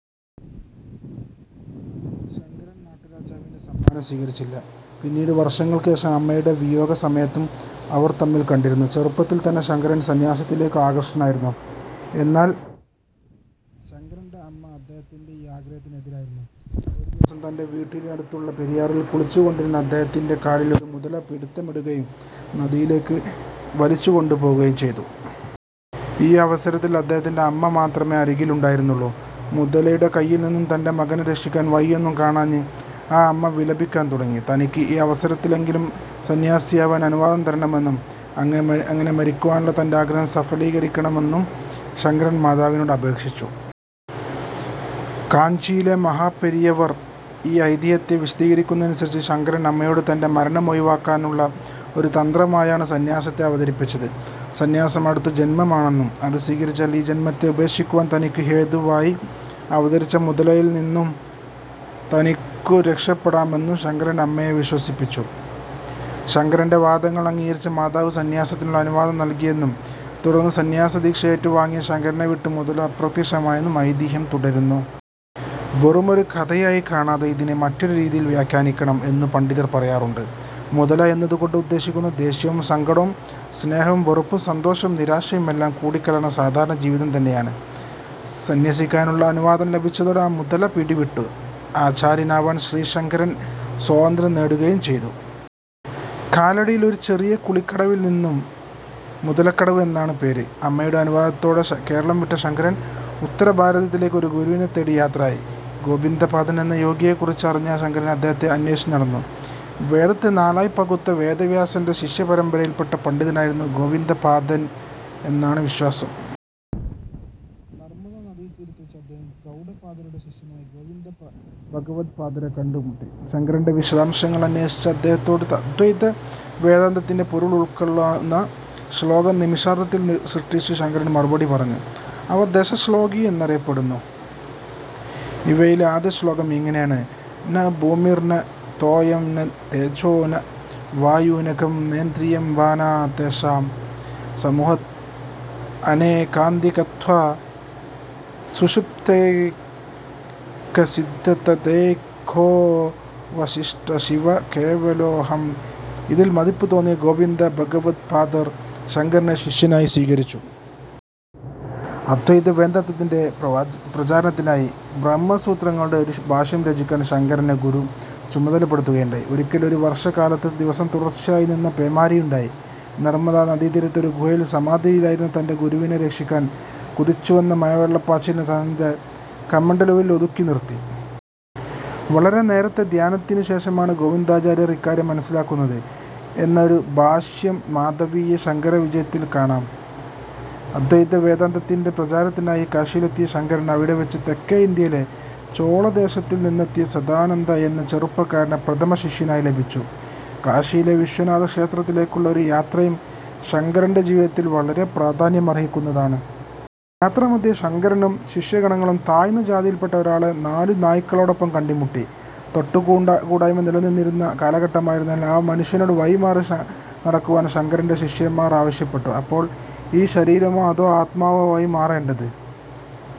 ശങ്കരൻ നാട്ടുരാജാവിന്റെ സമ്മാനം സ്വീകരിച്ചില്ല. പിന്നീട് വർഷങ്ങൾക്ക് ശേഷം അമ്മയുടെ വിയോഗസമയത്തും ഇവർ തമ്മിൽ കണ്ടിരുന്നു. ചെറുപ്പത്തിൽ തന്നെ ശങ്കരൻ സന്ന്യാസത്തിലേക്കു ആകൃഷ്ടനായിരുന്നു. എന്നാൽ ശങ്കരന്റെ അമ്മ അദ്ദേഹത്തിന്റെ ഈ ആഗ്രഹത്തിന് എതിരായിരുന്നു. ഒരു ദിവസം തന്റെ വീട്ടിനടുത്തുള്ള പെരിയാറിൽ കുളിച്ചു കൊണ്ടിരുന്ന അദ്ദേഹത്തിന്റെ കാലിൽ ഒരു മുതല പിടിത്തമിടുകയും നദിയിലേക്കു വലിച്ചു കൊണ്ടു പോകുകയും ചെയ്തു. ഈ അവസരത്തിൽ അദ്ദേഹത്തിന്റെ അമ്മ മാത്രമേ അരികിൽ ഉണ്ടായിരുന്നുള്ളൂ. മുതലയുടെ കയ്യിൽ നിന്നു തന്റെ മകനെ രക്ഷിക്കാൻ വഴിയൊന്നും കാണാഞ്ഞ് ആ അമ്മ വിലപിക്കാൻ തുടങ്ങി. തനിക്ക് ഈ അവസരത്തിലെങ്കിലും സന്ന്യാസിയാവാൻ അനുവാദം തരണമെന്നും അങ്ങനെ മരിക്കുവാനുള്ള തന്റെ ആഗ്രഹം സഫലീകരിക്കണമെന്നും ശങ്കരൻ മാതാവിനോട് അപേക്ഷിച്ചു. കാഞ്ചിയിലെ മഹാപെരിയവൾ ഈ ഐതിഹ്യത്തെ വിശദീകരിക്കുന്നതനുസരിച്ച്, ശങ്കരൻ അമ്മയോട് തന്റെ മരണമൊഴിവാക്കാനുള്ള ഒരു തന്ത്രമായാണ് സന്ന്യാസത്തെ അവതരിപ്പിച്ചത്. സന്ന്യാസം അടുത്ത ഒരു ജന്മമാണെന്നും അതു സ്വീകരിച്ചാൽ, ഈ ജന്മത്തെ ഉപേക്ഷിക്കുവാൻ തനിക്കു ഹേതുവായി അവതരിച്ച മുതലയിൽ നിന്നും തനിക്കു രക്ഷപ്പെടാമെന്നും ശങ്കരൻ അമ്മയെ വിശ്വസിപ്പിച്ചു. ശങ്കരന്റെ വാദങ്ങൾ അംഗീകരിച്ച മാതാവ് സന്ന്യാസത്തിനുള്ള അനുവാദം നൽകിയെന്നും തുടർന്ന് സന്ന്യാസദീക്ഷയേറ്റു വാങ്ങിയ ശങ്കരനെ വിട്ട് മുതല അപ്രത്യക്ഷമായെന്നും ഐതിഹ്യം തുടരുന്നു. വെറുമൊരു കഥയായി കാണാതെ ഇതിനെ മറ്റൊരു രീതിയിൽ വ്യാഖ്യാനിക്കണം എന്നും പണ്ഡിതർ പറയാറുണ്ട്. മുതല എന്നതു കൊണ്ട് ഉദ്ദേശിക്കുന്നത് ദേഷ്യവും സങ്കടവും സ്നേഹവും വെറുപ്പം സന്തോഷവും നിരാശയും എല്ലാം കൂടിക്കലർന്ന സാധാരണ ജീവിതം തന്നെയാണ്. സന്യസിക്കാനുള്ള അനുവാദം ലഭിച്ചതോടെ ആ 'മുതല' പിടിവിട്ടു. ആചാര്യനാവാൻ ശ്രീശങ്കരൻ സ്വാതന്ത്ര്യം നേടുകയും ചെയ്തു. കാലടിയിൽ ഒരു ചെറിയ കുളിക്കടവിന് ഇന്നും "മുതലക്കടവ്" എന്നാണ് പേര്. അമ്മയുടെ അനുവാദത്തോടെ കേരളം വിട്ട ശങ്കരൻ ഉത്തര ഭാരതത്തിലേക്ക് ഒരു ഗുരുവിനെ തേടി യാത്രയായി. ഗോവിന്ദപാദൻ എന്ന യോഗിയെക്കുറിച്ച് അറിഞ്ഞ ശങ്കരൻ അദ്ദേഹത്തെ അന്വേഷിച്ച് നടന്നു. വേദത്തെ നാലായി പകുത്ത വേദവ്യാസന്റെ ശിഷ്യ പരമ്പരയിൽപ്പെട്ട പണ്ഡിതനായിരുന്നു ഗോവിന്ദപാദൻ എന്നാണ് വിശ്വാസം. നർമദാ നദീതീരത്തു വച്ച് അദ്ദേഹം ഗൗഡപാദരുടെ ശിഷ്യനായ ഗോവിന്ദഭഗവദ്പാദരെ കണ്ടു മുട്ടി. ശങ്കരന്റെ വിശദാംശങ്ങൾ അന്വേഷിച്ച അദ്ദേഹത്തോട്, അദ്വൈത വേദാന്തത്തിന്റെ പൊരുൾ ഉൾക്കൊള്ളുന്ന ശ്ലോകം നിമിഷാർദ്ധത്തിൽ സൃഷ്ടിച്ചു ശങ്കരൻ മറുപടി പറഞ്ഞു. അവ ദശശ്ലോകി എന്നറിയപ്പെടുന്നു. ഇ വയിലെ ആദ്യ ശ്ലോകം ഇങ്ങനെയാണ്. ന ഭൂമിർന തോയം ന തേജോ ന വായുഃന ഖം നേന്ദ്രിയം വാ ന തേഷാം സമൂഹഃഅനേകാന്തികത്വാത് സുഷുപ്ത്യേകസിദ്ദഃതദേകോഽവശിഷ്ടഃ ശിവഃ കേവലോഽഹം ഇതിൽ മതിപ്പു തോന്നിയ ഗോവിന്ദഭഗവദ്പാദർ ശങ്കരനെ ശിഷ്യനായി സ്വീകരിച്ചു. അദ്വൈത വേദാന്തത്തിന്റെ പ്രചാരത്തിനായി ബ്രഹ്മസൂത്രങ്ങളുടെ ഒരു ഭാഷ്യം രചിക്കാൻ ശങ്കരനെ ഗുരു ചുമതലപ്പെടുത്തുകയുണ്ടായി. ഒരിക്കൽ ഒരു വർഷക്കാലത്ത് ദിവസം തുടർച്ചയായി നിന്ന പേമാരിയുണ്ടായി. നർമദാ നദീ തീരത്തെ ഒരു ഗുഹയിൽ സമാധിയിലായിരുന്ന തന്റെ ഗുരുവിനെ രക്ഷിക്കാൻ, കുതിച്ചു വന്ന മലവെള്ളപ്പാച്ചിലിനെ തന്റെ കമണ്ഡലുവിൽ ഒതുക്കി നിർത്തി. വളരെ നേരത്തെ ധ്യാനത്തിനു ശേഷമാണ് ഗോവിന്ദാചാര്യർ ഇക്കാര്യം മനസ്സിലാക്കുന്നത് എന്ന ഒരു ഭാഷ്യം മാധവീയ ശങ്കരവിജയത്തിൽ കാണാം. അദ്വൈത വേദാന്തത്തിന്റെ പ്രചാരത്തിനായി കാശിയിലെത്തിയ ശങ്കരന്, അവിടെ വച്ച് തെക്കേ ഇന്ത്യയിലെ ചോളദേശത്തിൽ നിന്നെത്തിയ സദാനന്ദ എന്ന ചെറുപ്പക്കാരനെ പ്രഥമ ശിഷ്യനായി ലഭിച്ചു. കാശിയിലെ വിശ്വനാഥ ക്ഷേത്രത്തിലേക്കുള്ള ഒരു യാത്രയും ശങ്കരന്റെ ജീവിതത്തിൽ വളരെ പ്രാധാന്യമർഹിക്കുന്നതാണ്. യാത്രാമധ്യേ, ശങ്കരനും ശിഷ്യഗണങ്ങളും താഴ്ന്ന ജാതിയിൽ പെട്ട ഒരാളെ നാലു നായ്ക്കളോടൊപ്പം കണ്ടു മുട്ടി. 'തൊട്ടു കൂടായ്മ' നിലവിലിരുന്ന കാലഘട്ടമായിരുന്നതിനാൽ, ആ മനുഷ്യനോട് വഴി മാറി നടക്കുവാൻ ശങ്കരന്റെ ശിഷ്യന്മാർ ആവശ്യപ്പെട്ടു. അപ്പോൾ, "ഈ ശരീരമോ അതോ ആത്മാവോ വഴി മാറേണ്ടത്"